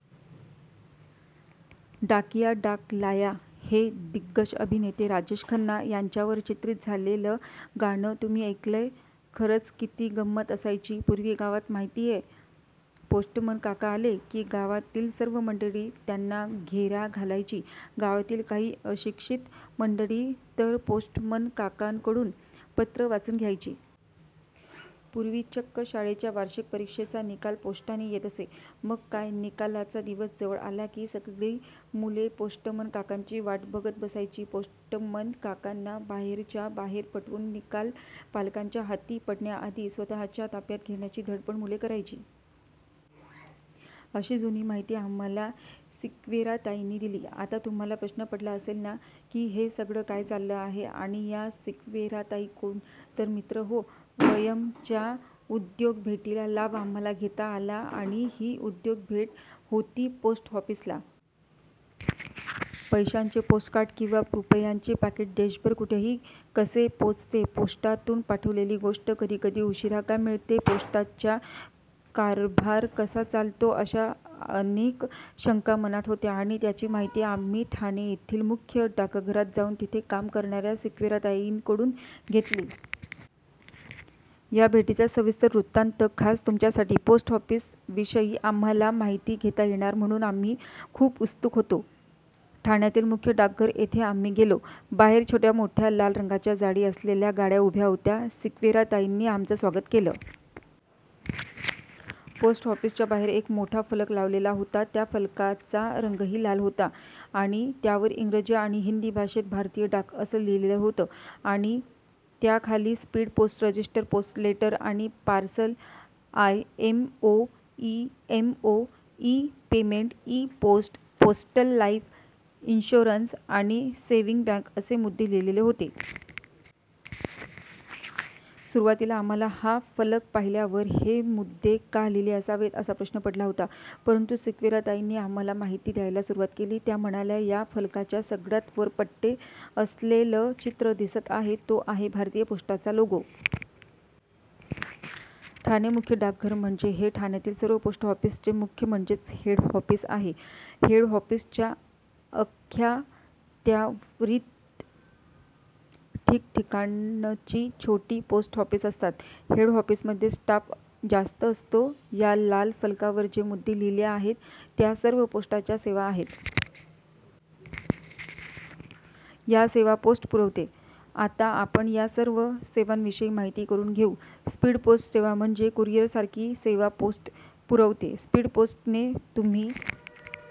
डाकिया डाक लाया... ' हे दिग्गज अभिनेते राजेश खन्ना यांच्यावर चित्रित झालेलं गाणं तुम्ही ऐकलय? खरंच किती गंमत असायची पूर्वी गावात माहितीये? पोस्टमन काका आले की गावातील सर्व मंडळी त्यांना घेरा घालायची. गावातील काही अशिक्षित मंडळी तर पोस्टमन काकांकडून पत्र वाचून घ्यायची. पूर्वी चक्क शाळेच्या वार्षिक परीक्षेचा निकाल पोस्टाने येत असे. मग काय, निकालाचा दिवस जवळ आला की, सगळी मुले पोस्टमन काकांची वाट बघत बसायची. पोस्टमन काकांना बाहेरच्या बाहेर पटवून निकाल पालकांच्या हाती पडण्याआधी स्वतःच्या ताब्यात घेण्याची धडपड मुले करायची.... अशी जुनी माहिती आम्हांला सिक्वेरा ताईनी दिली. आता तुम्हांला प्रश्न पडला असेल ना, की हे सगळं काय चाललं आहे आणि या सिक्वेरा ताई कोण? तर मित्रहो, 'वयम्'च्या उद्योग भेटीचा लाभ आम्हांला घेता आला आणि ही उद्योग भेट होती पोस्ट ऑफिसला. पैशांचे पोस्टकार्ड किंवा रुपयांचे पाकीट देशभर कुठेही कसे पोचते, पोस्टातून पाठवलेली गोष्ट कधी कधी उशिरा का मिळते, पोस्टाचा कारभार कसा चालतो- अशा अनेक शंका मनात होत्या आणि त्याची माहिती आम्ही ठाणे येथील मुख्य डाकघरात जाऊन तिथे काम करणाऱ्या सिक्वेरा ताईंकडून घेतली. या भेटीचा सविस्तर वृत्तान्त खास तुमच्यासाठी... पोस्ट ऑफिसविषयी आम्हांला माहिती घेता येणार म्हणून आम्ही खूप उत्सुक होतो. ठाण्यातील मुख्य डाकघर येथे आम्ही गेलो. बाहेर छोट्या-मोठ्या लाल रंगाच्या जाळी असलेल्या गाड्या उभ्या होत्या. सिक्वेरा ताईनी आमचं स्वागत केलं. पोस्ट ऑफिसच्या बाहेर एक मोठा फलक लावलेला होता. त्या फलकाचा रंगही लाल होता आणि त्यावर इंगजी आणि हिंदी भाषेत 'भारतीय डाक', '' असं लिहिलेलं होतं आणि त्याखाली speed post, register post, letter आणि parcel, IMO, E- MO, e payment, e post, postal life insurance आणि सेव्हिंग बँक असे मुद्दे लिहलेले होते. सुरुवातीला आम्हांला हा फलक पाहिल्यावर हे मुद्दे का लिहले असावेत, असा प्रश्न पडला होता. परंतु सिक्वेरा ताईनी आम्हांला माहिती द्यायला सुरुवात केली. त्या म्हणाल्या, "या फलकाच्या सगळ्यात वर पट्टे असलेलं चित्र दिसतं आहे, तो आहे भारतीय पोस्टाचा लोगो! ठाणे मुख्य डाकघर म्हणजे हे ठाण्यातील सर्व पोस्ट ऑफिसचे मुख्य म्हणजेच हेड ऑफिस आहे. हेड ऑफिसच्या अख्यात्यारीत ठीकाठीकाणची छोटी पोस्ट ऑफिस असतात. हेड ऑफिसमध्ये स्टाफ जास्त असतो. या लाल फलकावर जे मुद्दे लिहिले आहेत, त्या सर्व पोस्टाच्या सेवा आहेत. या सेवा पोस्ट पुरवते. आता आपण या सर्व सेवांविषयी माहिती करुन घेऊ. स्पीड पोस्ट सेवा म्हणजे कुरियर सारखी सेवा पोस्ट पुरवते. स्पीड पोस्ट ने तुम्ही